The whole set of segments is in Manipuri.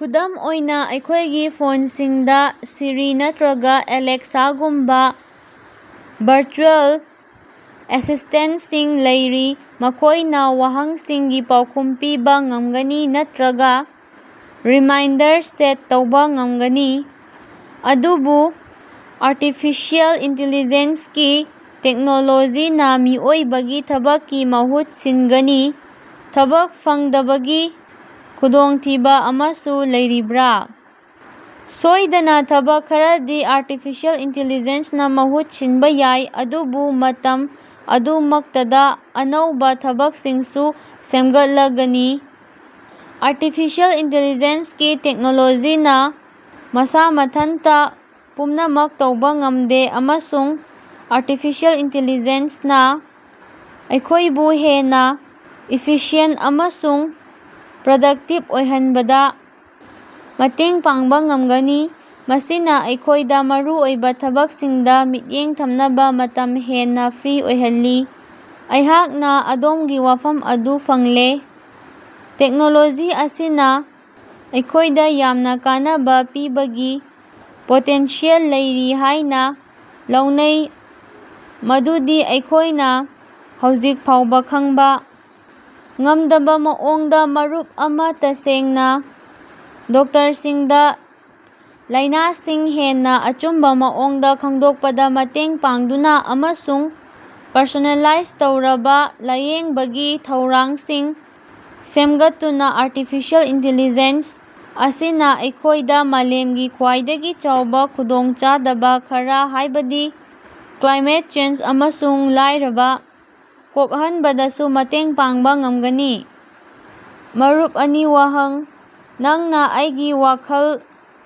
ꯈꯨꯗꯝ ꯑꯣꯏꯅ, ꯑꯩꯈꯣꯏꯒꯤ ꯐꯣꯟꯁꯤꯡꯗ ꯁꯤꯔꯤ ꯅꯠꯇ꯭ꯔꯒ ꯑꯦꯂꯦꯛꯁꯥꯒꯨꯝꯕ ꯚꯔꯆꯨꯑꯦꯜ ꯑꯦꯁꯤꯁ꯭ꯇꯦꯟꯇꯁꯤꯡ ꯂꯩꯔꯤ, ꯃꯈꯣꯢꯅ ꯋꯥꯍꯪꯁꯤꯡꯒꯤ ꯄꯥꯎꯈꯨꯝ ꯄꯤꯕ ꯉꯝꯒꯅꯤ ꯅꯠꯇ꯭ꯔꯒ ꯔꯤꯃꯥꯏꯟꯗꯔ ꯁꯦꯠ ꯇꯧꯕ ꯉꯝꯒꯅꯤ ꯫ ꯑꯗꯨꯕꯨ ꯑꯥꯔꯇꯤꯐꯤꯁꯤꯑꯦꯜ ꯏꯟꯇꯦꯂꯤꯖꯦꯟꯁꯒꯤ ꯇꯦꯛꯅꯣꯂꯣꯖꯤꯅ ꯃꯤꯑꯣꯏꯕꯒꯤ ꯊꯕꯛꯀꯤ ꯃꯍꯨꯠ ꯁꯤꯟꯒꯅꯤ, ꯊꯕꯛ ꯐꯪꯗꯕꯒꯤ ꯈꯨꯗꯣꯡꯊꯤꯕ ꯑꯃꯁꯨ ꯂꯩꯔꯤꯕꯔꯥ? ꯁꯣꯏꯗꯅ ꯊꯕꯛ ꯈꯔꯗꯤ ꯑꯥꯔꯇꯤꯐꯤꯁꯤꯑꯦꯜ ꯏꯟꯇꯦꯂꯤꯖꯦꯟꯁꯅ ꯃꯍꯨꯠ ꯁꯤꯟꯕ ꯌꯥꯏ, ꯑꯗꯨꯕꯨ ꯃꯇꯝ ꯑꯗꯨꯃꯛꯇꯗ ꯑꯅꯧꯕ ꯊꯕꯛꯁꯤꯡꯁꯨ ꯁꯦꯝꯒꯠꯂꯒꯅꯤ꯫ ꯑꯥꯔꯇꯤꯐꯤꯁꯤꯑꯦꯜ ꯏꯟꯇꯦꯂꯤꯖꯦꯟꯁ ꯒꯤ ꯇꯦꯛꯅꯣꯂꯣꯖꯤꯅ ꯃꯁꯥ ꯃꯊꯟꯇ ꯄꯨꯝꯅꯃꯛ ꯇꯧꯕ ꯉꯝꯗꯦ ꯑꯃꯁꯨꯡ ꯑꯥꯔꯇꯤꯐꯤꯁꯤꯑꯦꯜ ꯏꯟꯇꯦꯂꯤꯖꯦꯟꯁ ꯅ ꯑꯩꯈꯣꯏꯕꯨ ꯍꯦꯟꯅ ꯏꯐꯤꯁꯤꯌꯦꯟꯇ ꯑꯃꯁꯨꯡ ꯄ꯭ꯔꯗꯛꯇꯤꯚ ꯑꯣꯏꯍꯟꯕꯗ ꯃꯇꯦꯡ ꯄꯥꯡꯕ ꯉꯝꯒꯅꯤ, ꯃꯁꯤꯅ ꯑꯩꯈꯣꯏꯗ ꯃꯔꯨꯑꯣꯏꯕ ꯊꯕꯛꯁꯤꯡꯗ ꯃꯤꯠꯌꯦꯡ ꯊꯝꯅꯕ ꯃꯇꯝ ꯍꯦꯟꯅ ꯐ꯭ꯔꯤ ꯑꯣꯏꯍꯜꯂꯤ꯫ ꯑꯩꯍꯥꯛꯅ ꯑꯗꯣꯝꯒꯤ ꯋꯥꯐꯝ ꯑꯗꯨ ꯐꯪꯂꯦ꯫ ꯇꯦꯛꯅꯣꯂꯣꯖꯤ ꯑꯁꯤꯅ ꯑꯩꯈꯣꯐꯗ ꯌꯥꯝꯅ ꯀꯥꯟꯅꯕ ꯄꯤꯕꯒꯤ ꯄꯣꯇꯦꯟꯁꯤꯌꯦꯜ ꯂꯩꯔꯤ ꯍꯥꯏꯅ ꯂꯧꯅꯩ ꯃꯗꯨꯗꯤ ꯑꯩꯈꯣꯏꯅ ꯍꯧꯖꯤꯛ ꯐꯥꯎꯕ ꯈꯪꯕ ꯉꯝꯗꯕ ꯃꯑꯣꯡꯗ꯫ ꯃꯔꯨꯞ ꯑꯃ ꯇꯁꯦꯡꯅ ꯗꯣꯛꯇꯔꯁꯤꯡꯗ ꯂꯥꯏꯅꯥꯁꯤꯡ ꯍꯦꯟꯅ ꯑꯆꯨꯝꯕ ꯃꯑꯣꯡꯗ ꯈꯪꯗꯣꯛꯄꯗ ꯃꯇꯦꯡ ꯄꯥꯡꯗꯨꯅ ꯑꯃꯁꯨꯡ ꯄꯔꯁꯣꯅꯦꯂꯥꯏꯖ ꯇꯧꯔꯕ ꯂꯥꯌꯦꯡꯕꯒꯤ ꯊꯧꯔꯥꯡꯁꯤꯡ ꯁꯦꯝꯒꯠꯇꯨꯅ ꯑꯥꯔꯇꯤꯐꯤꯁꯤꯑꯦꯜ ꯏꯟꯇꯦꯂꯤꯖꯦꯟꯁ ꯑꯁꯤꯅ ꯑꯩꯈꯣꯏꯗ ꯃꯥꯂꯦꯝꯒꯤ ꯈ꯭ꯋꯥꯏꯗꯒꯤ ꯆꯥꯎꯕ ꯈꯨꯗꯣꯡꯆꯥꯗꯕ ꯈꯔ ꯍꯥꯏꯕꯗꯤ ꯀ꯭ꯂꯥꯏꯃꯦꯠ ꯆꯦꯟꯖ ꯑꯃꯁꯨꯡ ꯂꯥꯏꯔꯕ ꯀꯣꯛꯍꯟꯕꯗꯁꯨ ꯃꯇꯦꯡ ꯄꯥꯡꯕ ꯉꯝꯒꯅꯤ꯫ ꯃꯔꯨꯞ ꯑꯅꯤ ꯋꯥꯍꯪ, ꯅꯪꯅ ꯑꯩꯒꯤ ꯋꯥꯈꯜ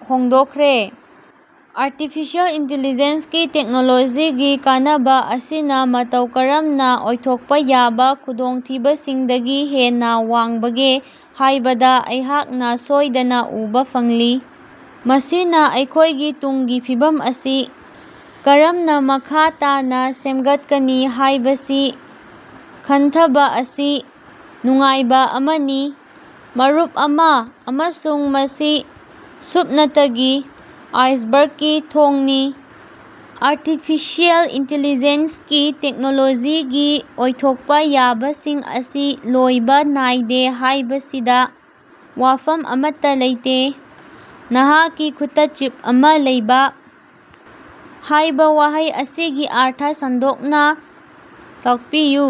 ꯍꯣꯡꯗꯣꯛꯈ꯭ꯔꯦ꯫ ꯑꯥꯔꯇꯤꯐꯤꯁꯤꯑꯦꯜ ꯏꯟꯇꯦꯂꯤꯖꯦꯟꯁꯒꯤ ꯇꯦꯛꯅꯣꯂꯣꯖꯤꯒꯤ ꯀꯥꯟꯅꯕ ꯑꯁꯤꯅ ꯃꯇꯧ ꯀꯔꯝꯅ ꯑꯣꯏꯊꯣꯛꯄ ꯌꯥꯕ ꯈꯨꯗꯣꯡꯊꯤꯕꯁꯤꯡꯗꯒꯤ ꯍꯦꯟꯅ ꯋꯥꯡꯕꯒꯦ ꯍꯥꯏꯕꯗ ꯑꯩꯍꯥꯛꯅ ꯁꯣꯏꯗꯅ ꯎꯕ ꯐꯪꯂꯤ꯫ ꯃꯁꯤꯅ ꯑꯩꯈꯣꯏꯒꯤ ꯇꯨꯡꯒꯤ ꯐꯤꯕꯝ ꯑꯁꯤ ꯀꯔꯝꯅ ꯃꯈ ꯇꯥꯅ ꯁꯦꯝꯒꯠꯀꯅꯤ ꯍꯥꯏꯕꯁꯤ ꯈꯟꯊꯕ ꯑꯁꯤ ꯅꯨꯡꯉꯥꯏꯕ ꯑꯃꯅꯤ꯫ ꯃꯔꯨꯞ ꯑꯃ ꯑꯃꯁꯨꯡ ꯃꯁꯤ ꯁꯨꯞꯅꯇꯒꯤ ꯑꯥꯏꯁꯕꯦꯔꯒꯀꯤ ꯊꯣꯡꯅꯤ꯫ ꯑꯥꯔꯇꯤꯐꯤꯁꯤꯑꯦꯜ ꯏꯟꯇꯦꯂꯤꯖꯦꯟꯁꯒꯤ ꯇꯦꯛꯅꯣꯂꯣꯖꯤꯒꯤ ꯑꯣꯏꯊꯣꯛꯄ ꯌꯥꯕꯁꯤꯡ ꯑꯁꯤ ꯂꯣꯏꯕ ꯅꯥꯏꯗꯦ ꯍꯥꯏꯕꯁꯤꯗ ꯋꯥꯐꯝ ꯑꯃꯠꯇ ꯂꯩꯇꯦ꯫ ꯅꯍꯥꯛꯀꯤ ꯈꯨꯠꯇ ꯆꯤꯞ ꯑꯃ ꯂꯩꯕ" ꯍꯥꯏꯕ ꯋꯥꯍꯩ ꯑꯁꯤꯒꯤ ꯑꯔꯊ ꯁꯟꯗꯣꯛꯅ ꯇꯥꯜꯄꯤꯌꯨ꯫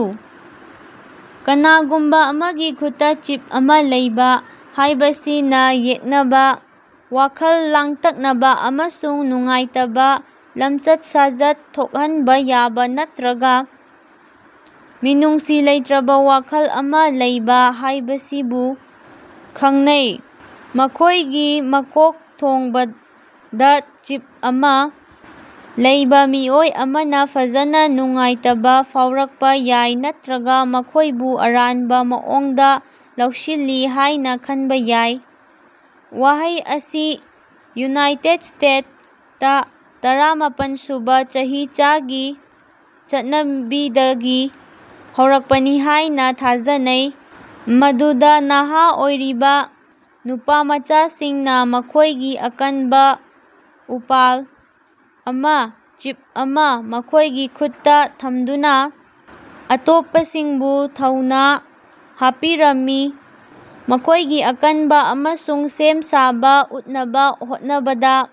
"ꯀꯅꯥꯒꯨꯝꯕ ꯑꯃꯒꯤ ꯈꯨꯠꯇ ꯆꯤꯞ ꯑꯃ ꯂꯩꯕ" ꯍꯥꯏꯕꯁꯤꯅ ꯌꯦꯛꯅꯕ, ꯋꯥꯈꯜ ꯂꯥꯡꯇꯛꯅꯕ ꯑꯃꯁꯨꯡ ꯅꯨꯡꯉꯥꯏꯇꯕ ꯂꯝꯆꯠ-ꯁꯥꯖꯠ ꯊꯣꯛꯍꯟꯕ ꯌꯥꯕ ꯅꯠꯇ꯭ꯔꯒ ꯃꯤꯅꯨꯡꯁꯤ ꯂꯩꯇ꯭ꯔꯕ ꯋꯥꯈꯜ ꯑꯃ ꯂꯩꯕ ꯍꯥꯏꯕꯁꯤꯕꯨ ꯈꯪꯅꯩ꯫ ꯃꯈꯣꯏꯒꯤ ꯃꯀꯣꯛꯊꯣꯡꯕꯗ ꯆꯤꯞ ꯑꯃ ꯂꯩꯕ ꯃꯤꯑꯣꯏ ꯑꯃꯅ ꯐꯖꯅ ꯅꯨꯡꯉꯥꯏꯇꯕ ꯐꯥꯎꯔꯛꯄ ꯌꯥꯏ ꯅꯠꯇ꯭ꯔꯒ ꯃꯈꯣꯏꯕꯨ ꯑꯔꯥꯟꯕ ꯃꯑꯣꯡꯗ ꯂꯧꯁꯤꯜꯂꯤ ꯍꯥꯏꯅ ꯈꯟꯕ ꯌꯥꯏ꯫ ꯋꯥꯍꯩ ꯑꯁꯤ ꯌꯨꯅꯥꯏꯇꯦꯗ ꯁ꯭ꯇꯦꯠꯇ ꯇꯔꯥꯃꯥꯄꯟ ꯁꯨꯕ ꯆꯍꯤꯆꯥꯒꯤ ꯆꯠꯅꯕꯤꯗꯒꯤ ꯍꯧꯔꯛꯄꯅꯤ ꯍꯥꯏꯅ ꯊꯥꯖꯅꯩ, ꯃꯗꯨꯗ ꯅꯍꯥ ꯑꯣꯏꯔꯤꯕ ꯅꯨꯄꯥꯃꯆꯥꯁꯤꯡꯅ ꯃꯈꯣꯏꯒꯤ ꯑꯀꯟꯕ ꯎꯄꯥꯜ ꯑꯃ (ꯆꯤꯞ ꯑꯃ) ꯃꯈꯣꯏꯒꯤ ꯈꯨꯠꯇ ꯊꯝꯗꯨꯅ ꯑꯇꯣꯞꯄꯁꯤꯡꯕꯨ ꯊꯧꯅ ꯍꯥꯞꯄꯤꯔꯝꯃꯤ, ꯃꯈꯣꯏꯒꯤ ꯑꯀꯟꯕ ꯑꯃꯁꯨꯡ ꯁꯦꯝ ꯁꯥꯕ ꯎꯠꯅꯕ ꯍꯣꯠꯅꯕꯗ꯫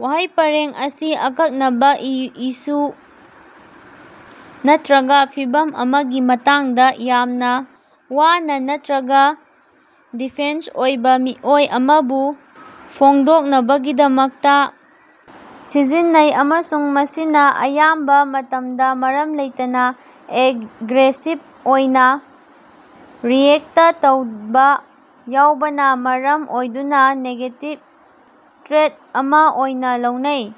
ꯋꯥꯍꯩ ꯄꯔꯦꯡ ꯑꯁꯤ ꯑꯀꯛꯅꯕ ꯏꯁꯨ ꯅꯠꯇ꯭ꯔꯒ ꯐꯤꯚꯝ ꯑꯃꯒꯤ ꯃꯇꯥꯡꯗ ꯌꯥꯝꯅ ꯋꯥꯅ ꯅꯠꯇ꯭ꯔꯒ ꯗꯤꯐꯦꯟꯁ ꯑꯣꯏꯕ ꯃꯤꯑꯣꯏ ꯑꯃꯕꯨ ꯐꯣꯡꯗꯣꯛꯅꯕꯒꯤꯗꯃꯛꯇ ꯁꯤꯖꯤꯟꯅꯩ ꯑꯃꯁꯨꯡ ꯃꯁꯤꯅ ꯑꯌꯥꯝꯕ ꯃꯇꯝꯗ ꯃꯔꯝ ꯂꯩꯇꯅ ꯑꯦꯒ꯭ꯔꯦꯁꯤꯚ ꯑꯣꯏꯅ ꯔꯤꯑꯦꯛꯇ ꯇꯧꯕ ꯌꯥꯎꯕꯅ ꯃꯔꯝ ꯑꯣꯏꯗꯨꯅ ꯅꯦꯒꯦꯇꯤꯚ ꯇ꯭ꯔꯦꯠ ꯑꯃ ꯑꯣꯏꯅ ꯂꯧꯅꯩ꯫